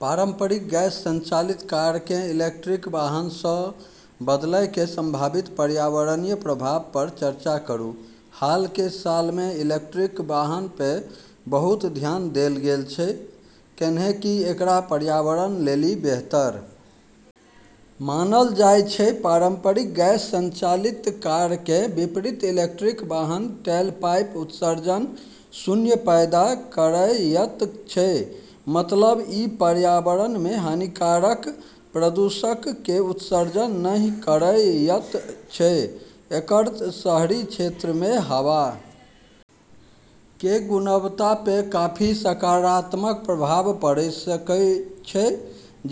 पारंपरिक गैस संचालित कार कें इलेक्ट्रिक वाहन सं बदलय कें संभावित पर्यावरणीय प्रभाव पर चर्चा करूं, हाल के सालऽ मे इलेक्ट्रिक वाहन पे बहुत ध्यान देलऽ गेलऽ छै, कैन्हेंकि एकरा पर्यावरण लेली बेहतर मानलऽ जाय छै, पारंपरिक गैस संचालित कार कें विपरीत इलेक्ट्रिक वाहन टेलपाइप उत्सर्जन शून्य पैदा करएयत छै मतलब इ पर्यावरण मे हानिकारक प्रदूषक कें उत्सर्जन नहि करएयत छै, एकरऽ शहरी क्षेत्रऽ मे हवा के गुणवत्ता पे काफी सकारात्मक प्रभाव पड़े सकै छै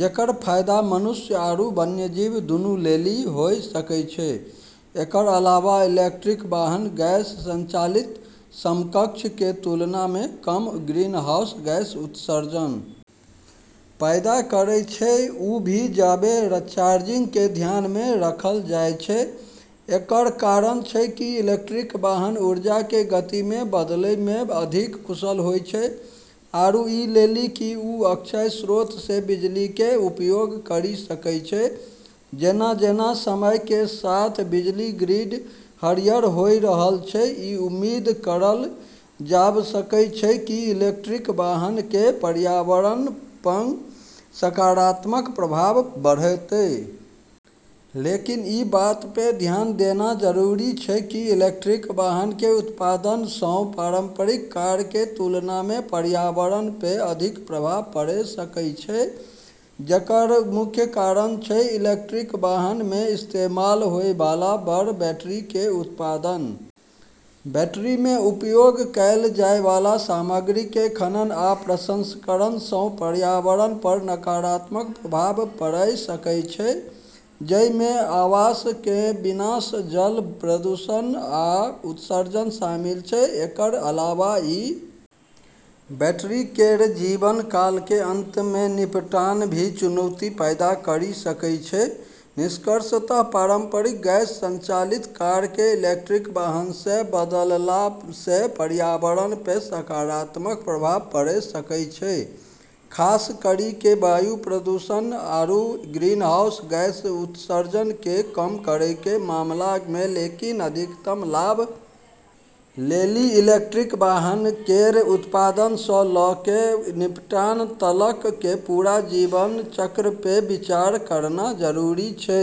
जेकरऽ फायदा मनुष्य आरू वन्यजीव दूनू लेली होय सकै छै, एकरऽ अलावा इलेक्ट्रिक वाहन गैस संचालित समकक्षऽ के तुलना मे कम ग्रीनहाउस गैस उत्सर्जन पैदा करै छै, उ भी जबे चार्जिंग के ध्यान मे रखलऽ जाय छै, एकरऽ कारण छै कि इलेक्ट्रिक वाहन ऊर्जा के गति मे बदलै मे अधिक कुशल होय छै आरू ई लेली कि उ अक्षय स्रोतऽ से बिजली के उपयोग करी सकै छै, जेना-जेना समय के साथ बिजली ग्रिड हरियर होय रहलऽ छै, ई उम्मीद करलऽ जाब॑ सकै छै कि इलेक्ट्रिक वाहनऽ के पर्यावरण प॑ सकारात्मक प्रभाव बढ़तै। लेकिन ई बात पे ध्यान देना जरूरी छै कि इलेक्ट्रिक वाहन के उत्पादन स॑ पारंपरिक कारऽ के तुलना मे पर्यावरण पे अधिक प्रभाव पड़े सकै छै जेकरऽ मुख्य कारण छै इलेक्ट्रिक वाहनऽ मे इस्तेमाल होय वाला बड़ऽ बैटरी के उत्पादन। बैटरी मे उपयोग कैल जाय वाला सामग्री कें खनन आ प्रसंस्करण सं पर्यावरण पर नकारात्मक प्रभाव पड़य सकय छै, जइ मे आवास कें विनाश, जल प्रदूषण आ उत्सर्जन शामिल छै, एकरऽ अलावा ई बैटरी केरऽ जीवन काल के अंत मे निपटान भी चुनौती पैदा करी सकै छै, निष्कर्षतः पारंपरिक गैस संचालित कार के इलेक्ट्रिक वाहन से बदलला से पर्यावरण पे सकारात्मक प्रभाव पड़े सकै छै, खास करी के वायु प्रदूषण आरू ग्रीनहाउस गैस उत्सर्जन के कम करै के मामला मे लेकिन अधिकतम लाभ लेली इलेक्ट्रिक वाहन केरऽ उत्पादन स ल के निपटान तलक के पूरा जीवन चक्र पे विचार करना जरूरी छै।